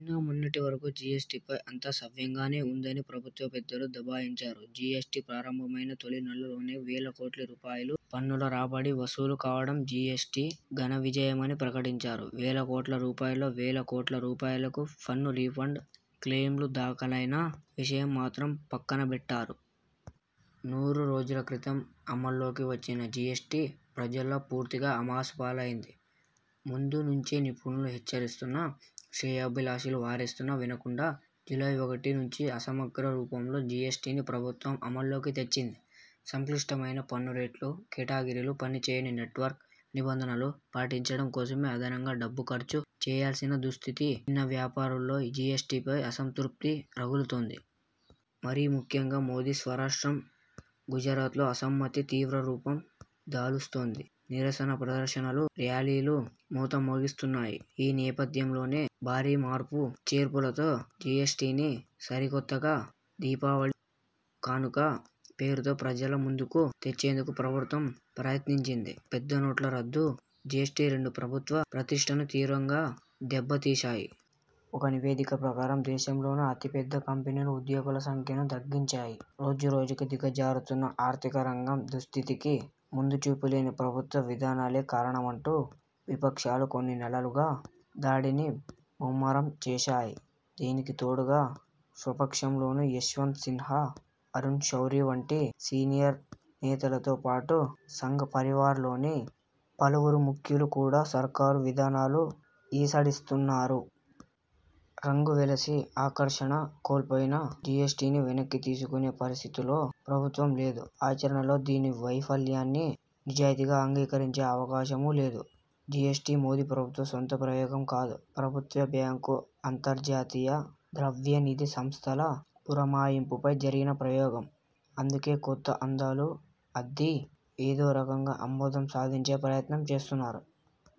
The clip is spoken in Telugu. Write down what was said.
నిన్న మొన్నటి వరకు జిఎస్టిపై అంతా సవ్యంగానే ఉందని ప్రభుత్వ పెద్దలు దబాయించారు. జిఎస్టి ప్రారంభమైన తొలి నెలలోనే వేల కోట్ల రూపాయలు పన్నుల రాబడి వసూలు కావడం జిఎస్టి ఘనవిజయమని ప్రకటించారు. వేల కోట్ల రూపాయల్లో వేల కోట్ల రూపాయలకు పన్ను రీఫండ్ క్లెయిమ్లు దాఖలైన విషయం మాత్రం పక్కనబెట్టారు. నూరు రోజుల క్రితం అమల్లోకి వచ్చిన జిఎస్టి ప్రజల్లో పూర్తిగా అభాసుపాలైంది. ముందు నుంచే నిపుణులు హెచ్చరిస్తున్నా, శ్రేయోభిలాషులు వారిస్తున్నా వినకుండా, జూలై ఒకటి నుంచి అసమగ్ర రూపంలో జిఎస్టిని ప్రభుత్వం అమల్లోకి తెచ్చింది. సంక్లిష్టమైన పన్ను రేట్లు, కేటగిరీలు, పనిచేయని నెట్వర్క్, నిబంధనలను పాటించడం కోసమే అదనంగా డబ్బు ఖర్చు చేయాల్సిన దుస్థితి, చిన్న వ్యాపారుల్లో జిఎస్టిపై అసంతృప్తి రగులుతోంది. మరీ ముఖ్యంగా మోదీ స్వరాష్ట్రం గుజరాత్లో అసమ్మతి తీవ్ర రూపం దాలుస్తోంది. నిరసన ప్రదర్శనలు, ర్యాలీలు మోతమోగిస్తున్నాయి. ఈ నేపథ్యంలోనే, భారీ మార్పు చేర్పులతో జిఎస్టిని సరికొత్తగా, దీపావళి కానుక పేరుతో ప్రజల ముందుకు తెచ్చేందుకు ప్రభుత్వం ప్రయత్నించింది. పెద్ద నోట్ల రద్దు, జిఎస్టి రెండూ ప్రభుత్వ ప్రతిష్ఠను తీవ్రంగా దెబ్బతీశాయి. ఒక నివేదిక ప్రకారం దేశంలోని అతిపెద్ద కంపెనీలు ఉద్యోగుల సంఖ్యను తగ్గించాయి. రోజురోజుకూ దిగజారుతున్న ఆర్థిక రంగం దుస్థితికి ముందుచూపులేని ప్రభుత్వ విధానాలే కారణమంటూ విపక్షాలు కొన్ని నెలలుగా దాడిని ముమ్మరం చేశాయి. దీనికి తోడుగా స్వపక్షంలోనూ యశ్వంత్ సిన్హా, అరుణ్ శౌరి వంటి సీనియర్ నేతలతో పాటు సంఘ్ పరివార్లోని పలువురు ముఖ్యులు కూడా సర్కారు విధానాలు ఈసడిస్తున్నారు. రంగువెలసి, ఆకర్షణ కోల్పోయిన జిఎస్టిని వెనక్కి తీసుకునే పరిస్థితిలో ప్రభుత్వం లేదు. ఆచరణలో దీని వైఫల్యాన్ని నిజాయితీగా అంగీకరించే అవకాశమూ లేదు. జిఎస్టి మోదీ ప్రభుత్వ సొంత ప్రయోగం కాదు. ప్రపంచ బ్యాంకు, అంతర్జాతీయ ద్రవ్యనిధి సంస్థల పురమాయింపుపై జరిగిన ప్రయోగం. అందుకే కొత్త అందాలు అద్ది ఏదోరకంగా ఆమోదం సాధించే ప్రయత్నం చేస్తున్నారు.